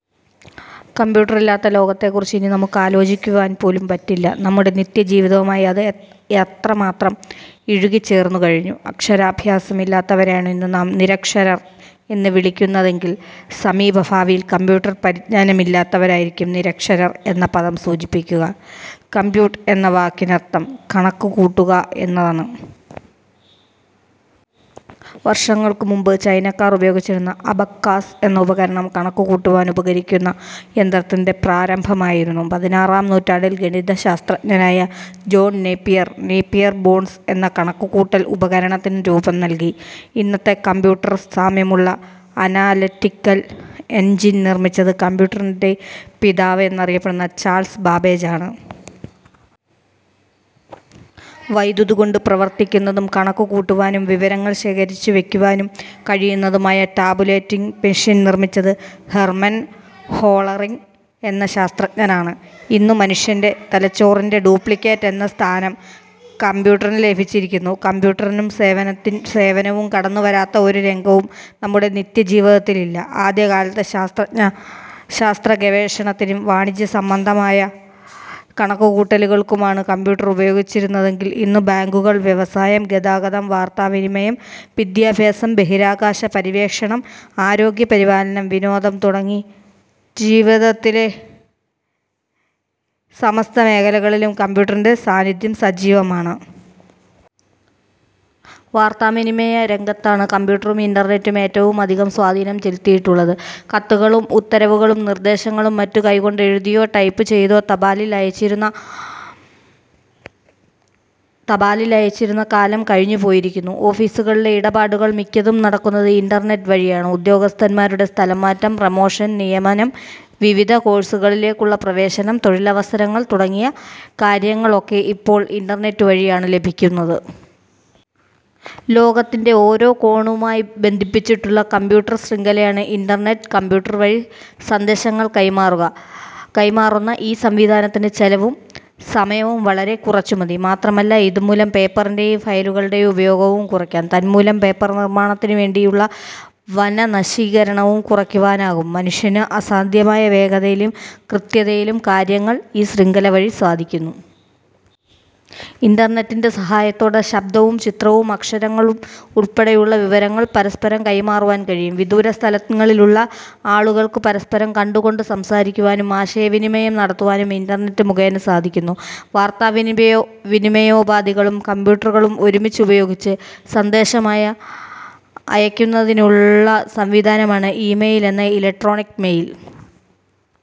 Computer ഇല്ലാത്ത ലോകത്തെക്കുറിച്ച് ഇനി നമുക്ക് ആലോചിക്കുവാൻ പോലും പറ്റില്ല. നമ്മുടെ നിത്യജീവിതവുമായി അത് അത്രമാത്രം ഇഴു കിച്ചേർന്നുകഴിഞ്ഞു. അക്ഷരാഭ്യാസം ഇല്ലാത്തവരെയാണ് ഇന്നു നാം നിരക്ഷരർ എന്നുവിളിക്കുന്നതെങ്കിൽ സമീപഭാവിയിൽ കമ്പ്യൂട്ടർ പരിജ്ഞാനം ഇല്ലാത്തവരായിരിക്കും നിരക്ഷരർ എന്ന പദം സൂചിപ്പി ക്കുക. 'കമ്പ്യൂട്ട് എന്ന വാക്കിനർത്ഥം കണക്കുകൂട്ടുക എന്നാണ്. വർഷങ്ങൾക്കുമുമ്പ് ചൈനാക്കാർ ഉപയോഗിച്ചിരുന്ന "അബാക്കസ്' എന്ന ഉപകരണം കണക്കുകൂട്ടുവാൻ ഉപകരിക്കുന്ന യന്ത്രത്തിന്റെ പ്രാരംഭമായിരുന്നു. പതിനാറാം നൂറ്റാണ്ടിൽ ഗണിതശാസ്ത്രജ്ഞനായ ജോൺ നേപ്പിയർ, നേപ്പിയർ ബോൺസ് എന്ന കണക്കുകൂട്ടൽ ഉപക രണത്തിന് രൂപം നൽകി. ഇന്നത്തെ കമ്പ്യൂട്ടറിന്റെ സാമ്യമുള്ള അന ലറ്റിക്കൽ എൻജിൻ നിർമ്മിച്ചത് കമ്പ്യൂട്ടറിന്റെ പിതാവ് എന്നറിയപ്പെടുന്ന ചാൾസ് ബാബേജ് ആണ്. വൈദ്യുതികൊണ്ട് പ്രവർത്തിപ്പിക്കുന്നതും കണക്കുകൂട്ടുവാനും വിവരങ്ങൾ ശേഖരിച്ചുവയ്ക്കുവാനും കഴിയുന്നതു മായ ടാബുലേറ്റിങ് മെഷീൻ നിർമ്മിച്ചത് ഹെർമൻ ഹോളറിങ് എന്ന ശാസ്ത്രജ്ഞനാണ്. ഇന്നു മനുഷ്യന്റെ തലച്ചോറിന്റെ ഡ്യൂപ്ലിക്കേറ്റ് എന്ന സ്ഥാനം കമ്പ ട്ടറിനു ലഭിച്ചിരിക്കുന്നു. കമ്പ്യൂട്ടറും സേവനവും കടന്നുവരാത്ത ഒരു രംഗവും നമ്മുടെ നിത്യജീവിതത്തിൽ ഇല്ല. ആദ്യകാലത്ത് ശാസ്ത്ര ഗവേഷണത്തിനും വാണിജ്യസംബന്ധമായ കണക്കുകൂട്ടലുകൾക്കുമാണ് കമ്പ്യൂട്ടർ ഉപയോഗിച്ചിരുന്നതെങ്കിൽ ഇന്ന് ബാങ്കുകൾ, വ്യവസായം, ഗതാഗതം, വാർത്താവിനിമയം, വിദ്യാഭ്യാസം, ബഹിരാകാശ പര്യവേക്ഷ ണം, ആരോഗ്യപരിപാലനം, വിനോദം തുടങ്ങി ജീവിതത്തിന്റെ സമസ്ത മേഖല കളിലും കമ്പ്യൂട്ടറിന്റെ സാന്നിധ്യം സജീവമാണ്. വാർത്താവിനിമയരംഗത്താണ് കമ്പ്യൂട്ടറും ഇന്റർനെറ്റും ഏറ്റവും അധികം സ്വാധീനം ചെലുത്തിയിട്ടുള്ളത്. കത്തുകളും ഉത്തരവുകളും നിർദ്ദേശങ്ങളും മറ്റും കൈകൊണ്ട് എഴുതിയോ ടൈപ്പ് ചെയ്താ തപാലിൽ അയച്ചിരുന്ന കാലം കഴിഞ്ഞുപോയിരിക്കുന്നു. ഓഫീസു കളിലെ ഇടപാടുകൾ മിക്കതും നടക്കുന്നത് ഇന്റർനെറ്റ് വഴിയാണ്. ഉദ്യോഗസ്ഥന്മാരുടെ സ്ഥലംമാറ്റം, പ്രൊമോഷൻ, നിയമനം, വിവിധ കോഴ്സുകളിലേക്കുള്ള പ്രവേശനം, തൊഴിലവസരങ്ങൾ തുടങ്ങിയ കാര്യങ്ങളൊക്കെ ഇപ്പോൾ ഇന്റർനെറ്റ് വഴിയാണ് ലഭിക്കുന്നത്. ലോകത്തിന്റെ ഓരോ കോണുമായി ബന്ധിച്ചിട്ടുള്ള കമ്പ്യൂട്ടർ ശൃംഖ ലയാണ് ഇന്റർനെറ്റ്. കമ്പ്യൂട്ടർ വഴി സന്ദേശങ്ങൾ കൈമാറുന്ന ഈ സംവിധാനത്തിന് ചെലവും സമയവും വളരെ കുറച്ചുമതി. മാത്രമല്ല, ഇതുമൂലം പേപ്പറിന്റെയും ഫയലുകളുടെയും ഉപയോഗവും കുറ യ്ക്കാം. തന്മൂലം പേപ്പർനിർമ്മാണത്തിനുവേണ്ടിയുള്ള വനനശീകര ണവും കുറയ്ക്കുവാനാകും. മനുഷ്യന് അസാധ്യമായ വേഗതയിലും കൃത്യതയിലും കാര്യങ്ങൾ ഈ ശൃംഖല വഴി സാധിക്കുന്നു. ഇന്റർനെറ്റിന്റെ സഹായത്തോടെ ശബ്ദവും ചിത്രവും അക്ഷരങ്ങളും ഉൾപ്പെടെയുള്ള വിവരങ്ങൾ പരസ്പരം കൈമാറുവാൻ കഴിയും. വിദൂരസ്ഥലങ്ങളിലുള്ള ആളുകൾക്കു പരസ്പരം കണ്ടുകൊണ്ടു സംസാ രിക്കുവാനും ആശയ വിനിമയം നടത്തുവാനും ഇന്റർനെറ്റ് മുഖേന സാധിക്കുന്നു. വാർത്താവിനിമയോപാധികളും കമ്പ്യൂട്ടറുകളും ഒരുമിച്ചു പയോഗിച്ച് സന്ദേശം അയ യ്ക്കുന്നതിനുളള സംവിധാനമാണ് ഇമെയിൽ എന്ന ഇലക്ട്രോണിക് മെയിൽ.